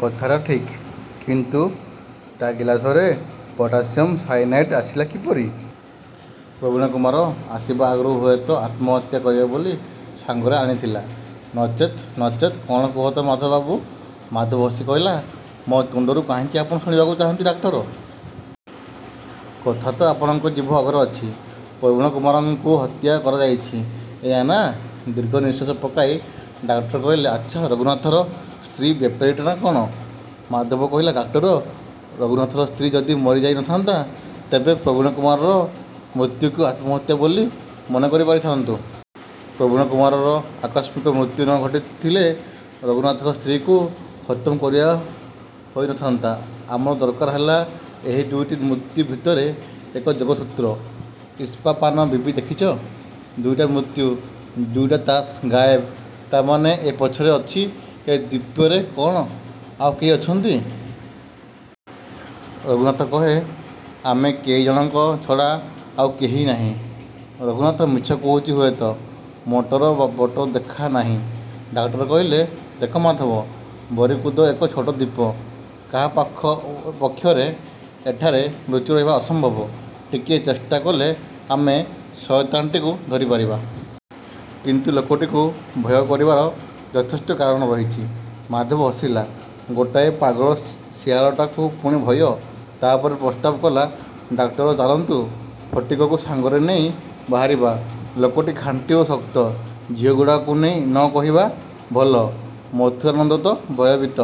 କଥାଟା ଠିକ୍, କିନ୍ତୁ ତା ଗିଲାସରେ ପଟାସିୟମ୍ ସାୟନାଇଡ୍ ଆସିଲା କିପରି ପ୍ରବୀଣକୁମାର ଆସିବା ଆଗରୁ ହୁଏତ ଆତ୍ମହତ୍ୟା କରିବ ବୋଲି ସାଙ୍ଗରେ ଆଣିଥିଲା, ନଚେତ୍ ନଚେତ୍ କଣ କୁହ ତ ମାଧବବାବୁ। ମାଧବ ହସି କହିଲା, ମୋ ତୁଣ୍ଡରୁ କାହିଁକି ଆପଣ ଶୁଣିବାକୁ ଚାହାନ୍ତି ଡାକ୍ତର? କଥା ତ ଆପଣଙ୍କ ଜିଭ ଅଗରେ ଅଛି। ପ୍ରବୀଣକୁମାରକୁ ହତ୍ୟା କରାଯାଇଛି, ଏଇଆ ନା ଦୀର୍ଘ ନିଶ୍ୱାସ ପକାଇ ଡାକ୍ତର କହିଲେ, ଆଚ୍ଛା, ରଘୁନାଥର ସ୍ତ୍ରୀ ବ୍ୟାପାରଟି କଣ ମାଧବ କହିଲା ଡାକ୍ତର, ରଘୁନାଥର ସ୍ତ୍ରୀ ଯଦି ମରିଯାଇ ନ ଥାନ୍ତା ତେବେ ପ୍ରବୀଣକୁମାରର ମୃତ୍ୟୁକୁ ଆତ୍ମହତ୍ୟା ବୋଲି ମନେକରିପାରିଥାନ୍ତୁ। ପ୍ରବୀଣକୁମାରର ଆକସ୍ମିକ ମୃତ୍ୟୁ ନ ଘଟିଥିଲେ ରଘୁନାଥର ସ୍ତ୍ରୀକୁ ଖତମ କରିବା ହୋଇ ନ ଥାନ୍ତା। ଆମର ଦରକାର ହେଲା ଏହି ଦୁଇଟି ମୃତ୍ୟୁ ଭିତରେ ଏକ ଯୋଗସୂତ୍ର। ଇସ୍କାପାନ ବିବି ଦେଖିଛ। ଦୁଇଟା ମୃତ୍ୟୁ, ଦୁଇଟା ତାସ୍ ଗାଏବ ତା ମାନେ ଏ ପଛରେ ଅଛି ଏ ଦ୍ଵୀପରେ କ'ଣ ଆଉ କେହି ଅଛନ୍ତି? ରଘୁନାଥ କହେ, ଆମ କେଇ ଜଣଙ୍କ ଛଡ଼ା ଆଉ କେହି ନାହିଁ। ରଘୁନାଥ ମିଛ କହୁଛି ହୁଏତ। ମୋଟର ବୋଟ ଦେଖା ନାହିଁ। ଡାକ୍ତର କହିଲେ ଦେଖ ମାଧବ ବରିକୁଦ ଏକ ଛୋଟ ଦ୍ଵୀପ। କାହା ପକ୍ଷରେ ଏଠାରେ ଲୁଚିରହିବା ଅସମ୍ଭବ। ଟିକିଏ ଚେଷ୍ଟା କଲେ ଆମେ ଶୟତାନଟିକୁ ଧରିପାରିବା। କିନ୍ତୁ ଲୋକଟିକୁ ଭୟ କରିବାର ଯଥେଷ୍ଟ କାରଣ ରହିଛି। ମାଧବ ହସିଲା ଗୋଟାଏ ପାଗଳ ଶିଆଳଟାକୁ ପୁଣି ଭୟ ତା ପରେ ପ୍ରସ୍ତାବ କଲା ଡାକ୍ତର ଚାଲନ୍ତୁ ଫଟିକକୁ ସାଙ୍ଗରେ ନେଇ ବାହାରିବା। ଲୋକଟି ଖାଣ୍ଟି ଓ ଶକ୍ତ। ଝିଅଗୁଡ଼ାଙ୍କୁ ନ କହିବା ଭଲ। ମଥୁରାନନ୍ଦ ତ ଭୟଭୀତ।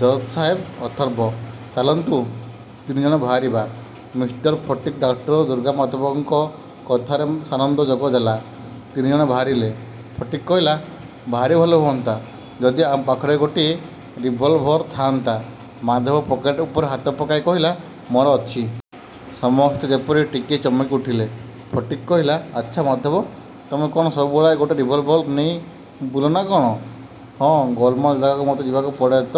ଜଜ୍ ସାହେବ ଅଥର୍ବ। ଚାଲନ୍ତୁ ତିନି ଜଣ ବାହାରିବା। ମିଷ୍ଟର ଫଟିକ୍ ଡାକ୍ତର ଦୁର୍ଗାମାଧବଙ୍କ କଥାରେ ସାନନ୍ଦ ଯୋଗ ଦେଲା। ତିନି ଜଣ ବାହାରିଲେ। ଫଟିକ୍ କହିଲା ଭାରି ଭଲ ହୁଅନ୍ତା ଯଦି ଆମ ପାଖରେ ଗୋଟାଏ ରିଭଲଭର ଥାନ୍ତା। ମାଧବ ପକେଟ ଉପରେ ହାତ ପକାଇ କହିଲା ମୋର ଅଛି। ସମସ୍ତେ ଯେପରି ଟିକିଏ ଚମକିଉଠିଲେ। ଫଟିକ୍ କହିଲା ଆଚ୍ଛା ମାଧବ ତମେ କଣ ସବୁବେଳେ ଗୋଟାଏ ରିଭଲଭର ନେଇ ବୁଲ ନା କଣ ହଁ ଗୋଳମାଳ ଜାଗାକୁ ମୋତେ ଯିବାକୁ ପଡ଼େ ତ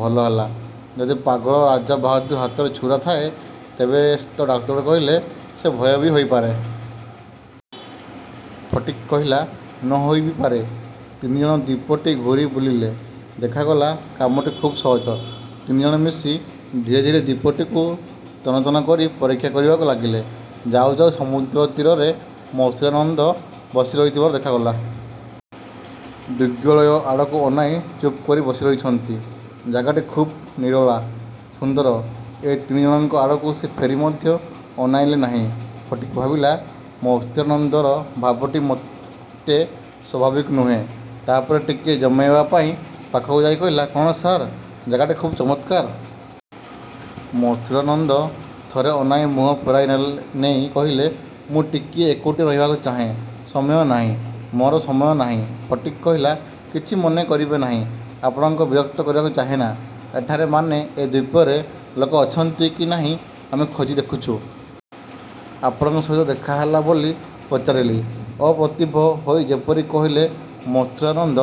ଭଲ ହେଲା। ଯଦି ପାଗଳ ରାଜାବାହାଦୁର ହାତରେ ଛୁରା ଥାଏ ତେବେ ତ ଡାକ୍ତର କହିଲେ ସେ ଭୟ ବି ହୋଇପାରେ। ଫଟିକ୍ କହିଲା ନ ହୋଇ ବି ପାରେ। ତିନି ଜଣ ଦ୍ଵୀପଟି ଘୂରି ବୁଲିଲେ। ଦେଖାଗଲା କାମଟି ଖୁବ୍ ସହଜ। ତିନି ଜଣ ମିଶି ଧୀରେ ଧୀରେ ଦ୍ଵୀପଟିକୁ ତନ୍ନ ତନ୍ନ କରି ପରୀକ୍ଷା କରିବାକୁ ଲାଗିଲେ। ଯାଉ ଯାଉ ସମୁଦ୍ରତୀରରେ ମଥୁରାନନ୍ଦ ବସି ରହିଥିବାର ଦେଖାଗଲା। ଦିଗ୍ବଳୟ ଆଡ଼କୁ ଅନାଇ ଚୁପକରି ବସିରହିଛନ୍ତି। ଜାଗାଟି ଖୁବ୍ ନିରୋଳା, ସୁନ୍ଦର। ଏ ତିନି ଜଣଙ୍କ ଆଡ଼କୁ ସେ ଫେରି ମଧ୍ୟ ଅନାଇଲେ ନାହିଁ। ଫଟିକ୍ ଭାବିଲା ମଥୁରାନନ୍ଦର ଭାବଟି ମୋଟେ ସ୍ଵାଭାବିକ ନୁହେଁ। ତା ପରେ ଟିକିଏ ଜମେଇବା ପାଇଁ ପାଖକୁ ଯାଇ କହିଲା କଣ ସାର୍ ଜାଗାଟି ଖୁବ୍ ଚମତ୍କାର। ମଥୁରାନନ୍ଦ ଥରେ ଅନାଇ ମୁହଁ ଫେରାଇନେଇ କହିଲେ ମୁଁ ଟିକିଏ ଏକୁଟିଆ ରହିବାକୁ ଚାହେଁ। ସମୟ ନାହିଁ। ମୋର ସମୟ ନାହିଁ। ଫଟିକ୍ କହିଲା କିଛି ମନେ କରିବେ ନାହିଁ। ଆପଣଙ୍କୁ ବିରକ୍ତ କରିବାକୁ ଚାହେଁନା। ଏଠାରେ, ମାନେ ଏ ଦ୍ଵୀପରେ ଲୋକ ଅଛନ୍ତି କି ନାହିଁ ଆମେ ଖୋଜି ଦେଖୁଛୁ। ଆପଣଙ୍କ ସହିତ ଦେଖା ହେଲା ବୋଲି ପଚାରିଲି। ଅପ୍ରତିଭ ହୋଇ ଯେପରି କହିଲେ ମଥୁରାନନ୍ଦ,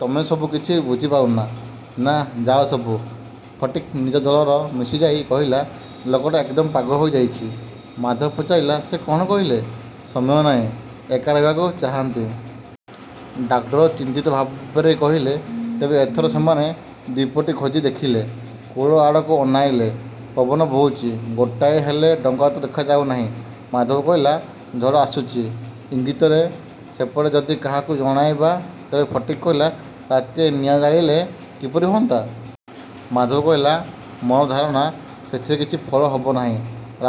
ତମେସବୁ କିଛି ବୁଝିପାରୁନା। ନାନଯାଅ ସବୁ। ଫଟିକ୍ ନିଜ ଦଳରେ ମିଶିଯାଇ କହିଲା ଲୋକଟା ଏକଦମ ପାଗଳ ହୋଇଯାଇଛି। ମାଧବ ପଚାରିଲା, ସେ କଣ କହିଲେ? ସମୟ ନାହିଁ ଏକା ରହିବାକୁ ଚାହାନ୍ତି। ଡାକ୍ତର ଚିନ୍ତିତ ଭାବରେ କହିଲେ, ତେବେ ଏଥର ସେମାନେ ଦ୍ଵୀପଟି ଖୋଜି ଦେଖିଲେ। କୂଳ ଆଡ଼କୁ ଅନାଇଲେ। ପବନ ବହୁଛି। ଗୋଟାଏ ହେଲେ ଡଙ୍ଗା ତ ଦେଖାଯାଉନାହିଁ। ମାଧବ କହିଲା ଝଡ଼ ଆସୁଛି। ଇଙ୍ଗିତରେ ସେପଟେ ଯଦି କାହାକୁ ଜଣାଇବା ତେବେ ଫଟିକ୍ କହିଲା ରାତିରେ ନିଆଁ ଜାଳିଲେ କିପରି ହୁଅନ୍ତା? ମାଧବ କହିଲା ମୋର ଧାରଣା ସେଥିରେ କିଛି ଫଳ ହେବ ନାହିଁ।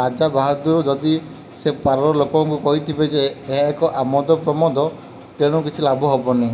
ରାଜାବାହାଦୁର ଯଦି ସେ ପାରର ଲୋକଙ୍କୁ କହିଥିବେ ଯେ ଏହା ଏକ ଆମୋଦପ୍ରମୋଦ ତେଣୁ କିଛି ଲାଭ ହବନି।